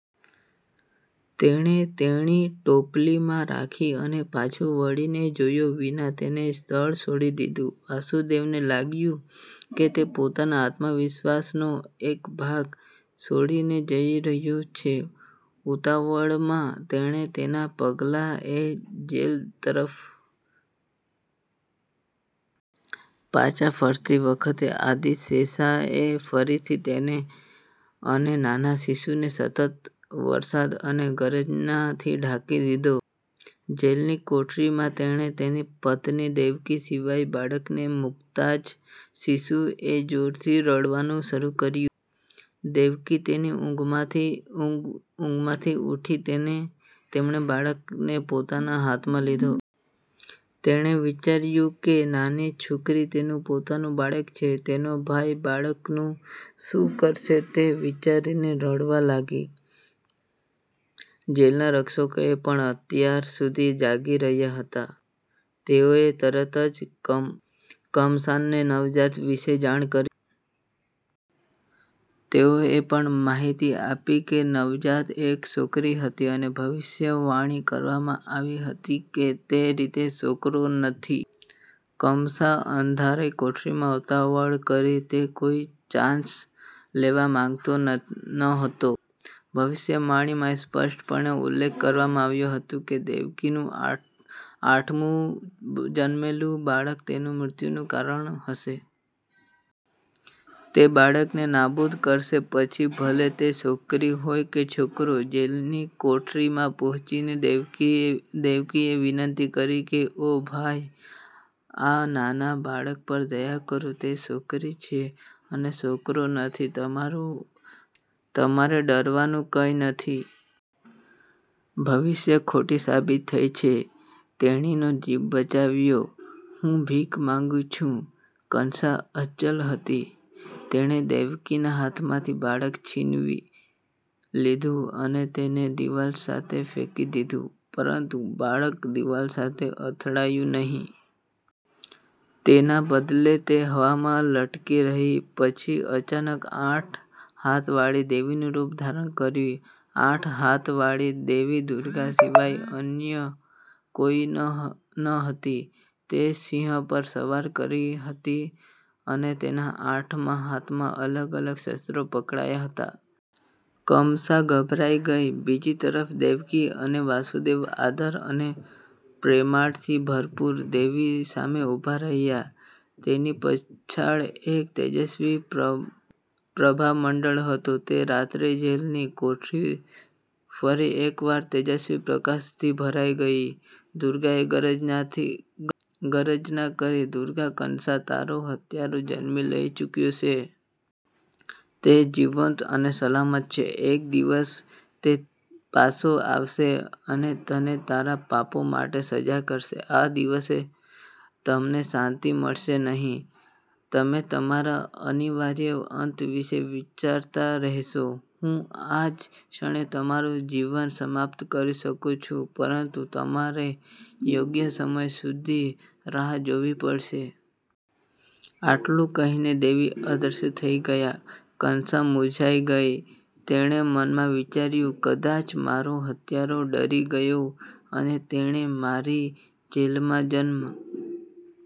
તેણે તેણીને ટોપલીમાં રાખી અને પાછું વળીને જોયા વિના તે સ્થળ છોડી દીધું. વાસુદેવને લાગ્યું કે તે પોતાના આત્માનો એક ભાગ છોડીને જઈ રહ્યો છે. ઉતાવળમાં, તેણે તેના પગલાઓ જેલ તરફ પાછા ખેંચ્યા. પાછા ફરતી વખતે, આદિ-શેષાએ ફરીથી તેને અને નાના શિશુને સતત વરસાદ અને ગર્જનાથી ઢાંકી દીધા. જેલની કોટડીમાં તેણે તેની પત્ની દેવકી સિવાય બાળકને મૂકતાં જ શિશુએ જોરથી રડવાનું શરૂ કર્યું. દેવકી તેની ઊંઘમાંથી ઉઠી અને તેણે બાળકને પોતાના હાથમાં લીધું. તેણે વિચાર્યું કે નાની છોકરી તેનું પોતાનું બાળક છે. તેનો ભાઈ બાળકનું શું કરશે તે વિચારીને તે રડવા લાગી. જેલના રક્ષકો પણ અત્યાર સુધીમાં જાગી ગયા હતા. તેઓએ તરત જ કમસાને નવજાત વિશે જાણ કરી. તેઓએ એ પણ માહિતી આપી કે નવજાત એક છોકરી હતી અને ભવિષ્યવાણી કરવામાં આવી હતી તે રીતે છોકરો નથી. કમસા અંધાર કોટડીમાં ઉતાવળ કરી. તે કોઈ ચાન્સ લેવા માંગતો ન હતો. ભવિષ્યવાણીમાં સ્પષ્ટપણે ઉલ્લેખ કરવામાં આવ્યો હતો કે દેવકીનું આઠમું જન્મેલું બાળક તેના મૃત્યુનું કારણ હશે. તે બાળકને નાબૂદ કરશે, પછી ભલે તે છોકરી હોય કે છોકરો. જેલની કોટડીમાં પહોંચીને દેવકીએ વિનંતી કરી, ઓ ભાઈ! આ નાના બાળક પર દયા કરો. તે છોકરી છે અને છોકરો નથી. તમારે ડરવાનું કંઈ નથી. ભવિષ્યવાણી ખોટી સાબિત થઈ છે. તેણીનો જીવ બચાવો. હું ભીખ માંગું છુ. કંસા અચલ હતી. તેણે દેવકીના હાથમાંથી બાળક છીનવી લીધું અને તેને દિવાલ સાથે ફેંકી દીધું. પરંતુ બાળક દિવાલ સાથે અથડાયું નહીં. તેના બદલે, તે હવામાં લટકતી રહી અને પછી અચાનક આઠ હાથવાળી દેવીનું રૂપ ધારણ કરી. આઠ હાથવાળી દેવી દુર્ગા સિવાય અન્ય કોઈ ન હતી. તે સિંહ પર સવારી કરી રહી હતી અને તેના આઠ હાથમાં અલગ-અલગ શસ્ત્રો પકડ્યા હતા. કમસા ગભરાઈ ગઈ. બીજી તરફ, દેવકી અને વાસુદેવ આદર અને પ્રણામથી ભરપૂર, દેવીની સામે ઉભા હતા. તેની પાછળ એક તેજસ્વી પ્રભામંડળ હતો. તે રાત્રે, જેલની કોટડી ફરી એકવાર તેજસ્વી પ્રકાશથી ભરાઈ ગઈ. દુર્ગાએ ગર્જના કરી, દુષ્ટ કંસા, તારો હત્યારો જન્મ લઈ ચૂક્યો છે. તે જીવંત અને સલામત છે. એક દિવસ, તે પાછો આવશે અને તમને તમારા પાપો માટે સજા કરશે. આ દિવસે, તમને શાંતિ મળશે નહીં. તમે તમારા અનિવાર્ય અંત વિશે વિચારતા રહેશો. હું આ જ ક્ષણે તમારું જીવન સમાપ્ત કરી શકું છું પરંતુ તમારે યોગ્ય સમય સુધી રાહ જોવી પડશે. આટલું કહીને દેવી અદૃશ્ય થઈ ગયા. કંસા મૂંઝાઈ ગઈ. તેણે મનમાં વિચાર્યું, કદાચ મારો હત્યારો ડરી ગયો અને તેણે મારી જેલમાં જન્મ